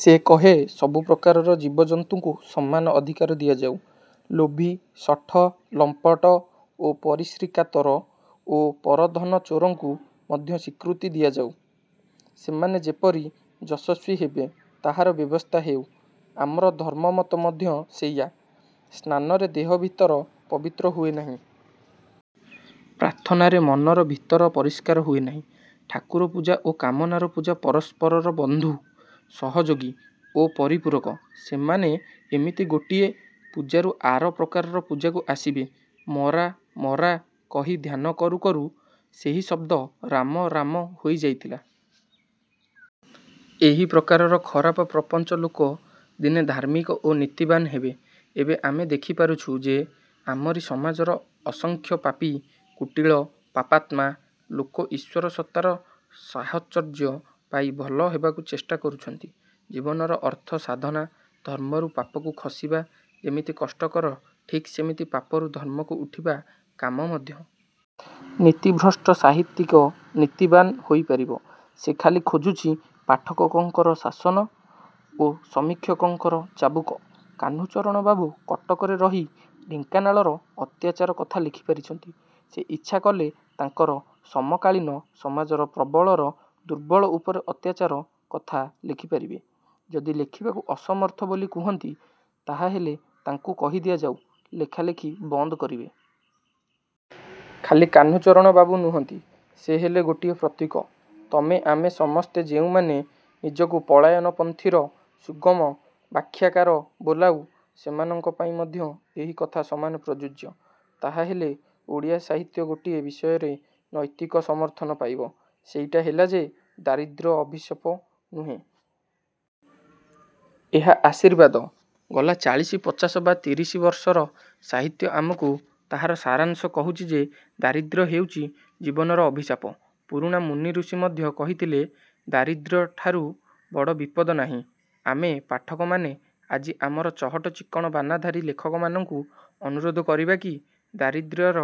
ସେ କହେ ସବୁ ପ୍ରକାରର ଜୀବଜନ୍ତୁଙ୍କୁ ସମାନ ଅଧିକାର ଦିଆଯାଉ-ଲୋଭୀ, ଶଠ, ଲମ୍ପଟ ଓ ପରଶ୍ରୀକାତର ଓ ପରଧନଚୋରଙ୍କୁ ମଧ୍ୟ ସ୍ୱୀକୃତି ଦିଆଯାଉ। ସେମାନେ ଯେପରି ଯଶସ୍ୱୀ ହେବେ ତାହାର ବ୍ୟବସ୍ଥା ହେଉ। ଆମର ଧର୍ମମତ ମଧ୍ୟ ସେଇଆ। ସ୍ନାନରେ ଦେହ ଭିତର ପବିତ୍ର ହୁଏ ନାହିଁ। ପ୍ରାର୍ଥନାରେ ମନର ଭିତର ପରିଷ୍କାର ହୁଏ ନାହିଁ। ଠାକୁର ପୂଜା ଓ କାମନାର ପୂଜା ପରସ୍ପରର ବନ୍ଧୁ, ସହଯୋଗୀ ଓ ପରିପୂରକ। ସେମାନେ ଏମିତି ଗୋଟିଏ। ପୂଜାରୁ ଆର ପ୍ରକାରର ପୂଜାକୁ ଆସିବେ। ମ-ରା ମ-ରା କହି ଧ୍ୟାନ କରୁ କରୁ ସେହି ଶଦ୍ଦ ରାମ-ରାମ ହୋଇ ଯାଇଥିଲା। ଏହିପ୍ରକାରର ଖରାପ ପ୍ରପଞ୍ଚ ଲୋକ ଦିନେ ଧାର୍ମିକ ଓ ନୀତିବାନ୍ ହେବେ। ଏବେ ଆମେ ଦେଖିପାରୁଛୁ ଯେ ଆମରି ସମାଜର ଅସଂଖ୍ୟ ପାପୀ, କୁଟିଳ, ପାପାତ୍ମା ଲୋକ ଈଶ୍ୱର ସତ୍ତାର ସାହଚର୍ଯ୍ୟ ପାଇ ଭଲ ହେବାକୁ ଚେଷ୍ଟା କରୁଛନ୍ତି। ଜୀବନର ଅର୍ଥ ସାଧନା-ଧର୍ମରୁ ପାପକୁ ଖସିବା ଯେମିତି କଷ୍ଟକର ଠିକ୍ ସେମିତି ପାପରୁ ଧର୍ମକୁ ଉଠିବା କାମ ମଧ୍ୟ। ନୀତିଭ୍ରଷ୍ଟ ସାହିତ୍ୟିକ ନୀତିବାନ ହୋଇପାରିବ। ସେ ଖାଲି ଖୋଜୁଛି ପାଠକଙ୍କର ଶାସନ ଓ ସମୀକ୍ଷକଙ୍କର ଚାବୁକ। କାହ୍ନୁଚରଣବାବୁ କଟକରେ ରହି ଢେଙ୍କାନାଳର ଅତ୍ୟାଚାର କଥା ଲେଖିପାରିଛନ୍ତି। ସେ ଇଚ୍ଛା କଲେ ତାଙ୍କର ସମକାଳୀନ ସମାଜର ପ୍ରବଳର ଦୁର୍ବଳ ଉପରେ ଅତ୍ୟାଚାର କଥା ଲେଖିପାରିବେ। ଯଦି ଲେଖିବାକୁ ଅସମର୍ଥ ବୋଲି କୁହନ୍ତି ତାହାହେଲେ ତାଙ୍କୁ କହିଦିଆଯାଉ-ଲେଖାଲେଖି ବନ୍ଦ କରିବେ। ଖାଲି କାହ୍ନୁଚରଣବାବୁ ନୁହନ୍ତି-ସେ ହେଲେ ଗୋଟିଏ ପ୍ରତୀକ। ତମେ ଆମେ ସମସ୍ତେ ଯେଉଁମାନେ ନିଜକୁ ପଳାୟନପନ୍ଥୀର ସୁଗମ ବାଖ୍ୟାକାର ବୋଲାଉ ସେମାନଙ୍କ ପାଇଁ ମଧ୍ୟ ଏହି କଥା ସମାନ ପ୍ରଯୁଯ୍ୟ। ତାହାହେଲେ ଓଡ଼ିଆ ସାହିତ୍ୟ ଗୋଟିଏ ବିଷୟରେ ନୈତିକ ସମର୍ଥନ ପାଇବ-ସେଇଟା ହେଲା ଯେ ଦାରିଦ୍ର୍ୟ ଅଭିଶାପ ନୁହେଁ। ଏହା ଆଶୀର୍ବାଦ। ଗଲା ଚାଳଶି ପଚାଶ ବା ତିରିଶିବର୍ଷର ସାହିତ୍ୟ ଆମକୁ ତାହାର ସାରାଂଶ କହୁଛି ଯେ ଦାରିଦ୍ର୍ୟ ହେଉଛି ଜୀବନର ଅଭିଶାପ। ପୁରୁଣା ମୁନିଋଷି ମଧ୍ୟ କହିଥିଲେ-ଦାରିଦ୍ର୍ୟଠାରୁ ବଡ଼ ବିପଦ ନାହିଁ। ଆମେ ପାଠକମାନେ ଆଜି ଆମର ଚହଟ ଚିକ୍କଣ ବାନାଧାରୀ ଲେଖକମାନଙ୍କୁ ଅନୁରୋଧ କରିବା କି-ଦାରିଦ୍ର୍ୟର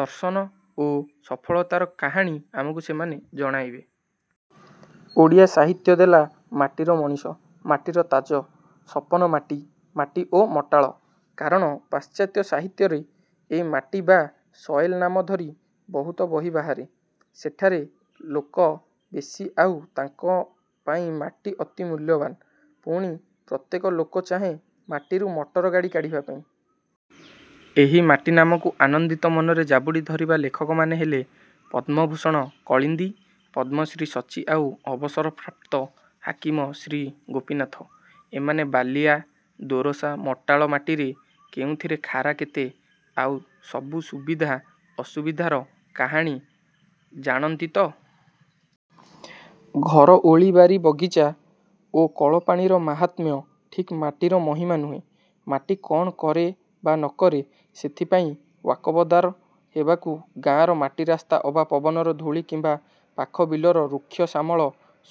ଦର୍ଶନ ଓ ସଫଳତାର କାହାଣୀ ଆମକୁ ସେମାନେ ଜଣାଇବେ। ଓଡ଼ିଆ ସାହିତ୍ୟ ଦେଲା-ମାଟିର ମଣିଷ, ମାଟିର ତାଜ, ସପନ ମାଟି, ମାଟି ଓ ମଟାଳ-। କାରଣ ପାଶ୍ଚାତ୍ୟ ସାହିତ୍ୟରେ ଏଇ ମାଟି ବା ସଏଲ୍ ନାମ ଧରି ବହୁତ ବହି ବାହାରେ-। ସେଠାରେ ଲୋକ ବେଶି ଆଉ ତାଙ୍କପାଇଁ ମାଟି ଅତି ମୂଲ୍ୟବାନ। ପୁଣି ପ୍ରତ୍ୟେକ ଲୋକ ଚାହେଁ ମାଟିରୁ ମଟରଗାଡ଼ି କାଢ଼ିବା ପାଇଁ। ଏହି ମାଟି ନାମକୁ ଆନନ୍ଦିତ ମନରେ ଜାବୁଡ଼ି ଧରିବା ଲେଖକମାନେ ହେଲେ ପଦ୍ମଭୂଷଣ କଳିନ୍ଦୀ, ପଦ୍ମଶ୍ରୀ ସଚ୍ଚି ଆଉ ଅବସରପ୍ରାପ୍ତ ହାକିମ ଶ୍ରୀ ଗୋପୀନାଥ। ଏମାନେ ବାଲିଆ, ଦୋରସା, ମଟାଳ ମାଟିରେ କେଉଁଥିରେ ଖାରା କେତେ ଆଉ ସବୁ ସୁବିଧା ଅସୁବିଧାର କାହାଣୀ ଜାଣନ୍ତି ତ? ଘର ଓଳି ବାରି ବଗିଚା ଓ କଳପାଣିର ମାହାତ୍ମ୍ୟ ଠିକ୍ ମାଟିର ମହିମା ନୁହେଁ। ମାଟି କ'ଣ କରେ ବା ନ କରେ ସେଥିପାଇଁ ୱାକବଦାର ହେବାକୁ ଗାଁର ମାଟି ରାସ୍ତା ଅବା ପବନର ଧୂଳି କିମ୍ୱା ପାଖ ବିଲର ରୁକ୍ଷ ଶ୍ୟାମଳ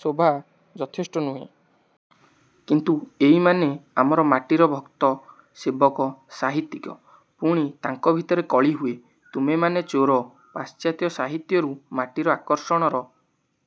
ଶୋଭା ଯଥେଷ୍ଟ ନୁହେଁ। କିନ୍ତୁ ଏଇମାନେ ଆମର ମାଟିର ଭକ୍ତ-ସେବକ-ସାହିତ୍ୟିକ। ପୁଣି ତାଙ୍କ ଭିତରେ କଳି ହୁଏ-ତୁମେମାନେ ଚୋର। ପାଶ୍ଚାତ୍ୟ ସାହିତ୍ୟରୁ ମାଟିର ଆକର୍ଷଣର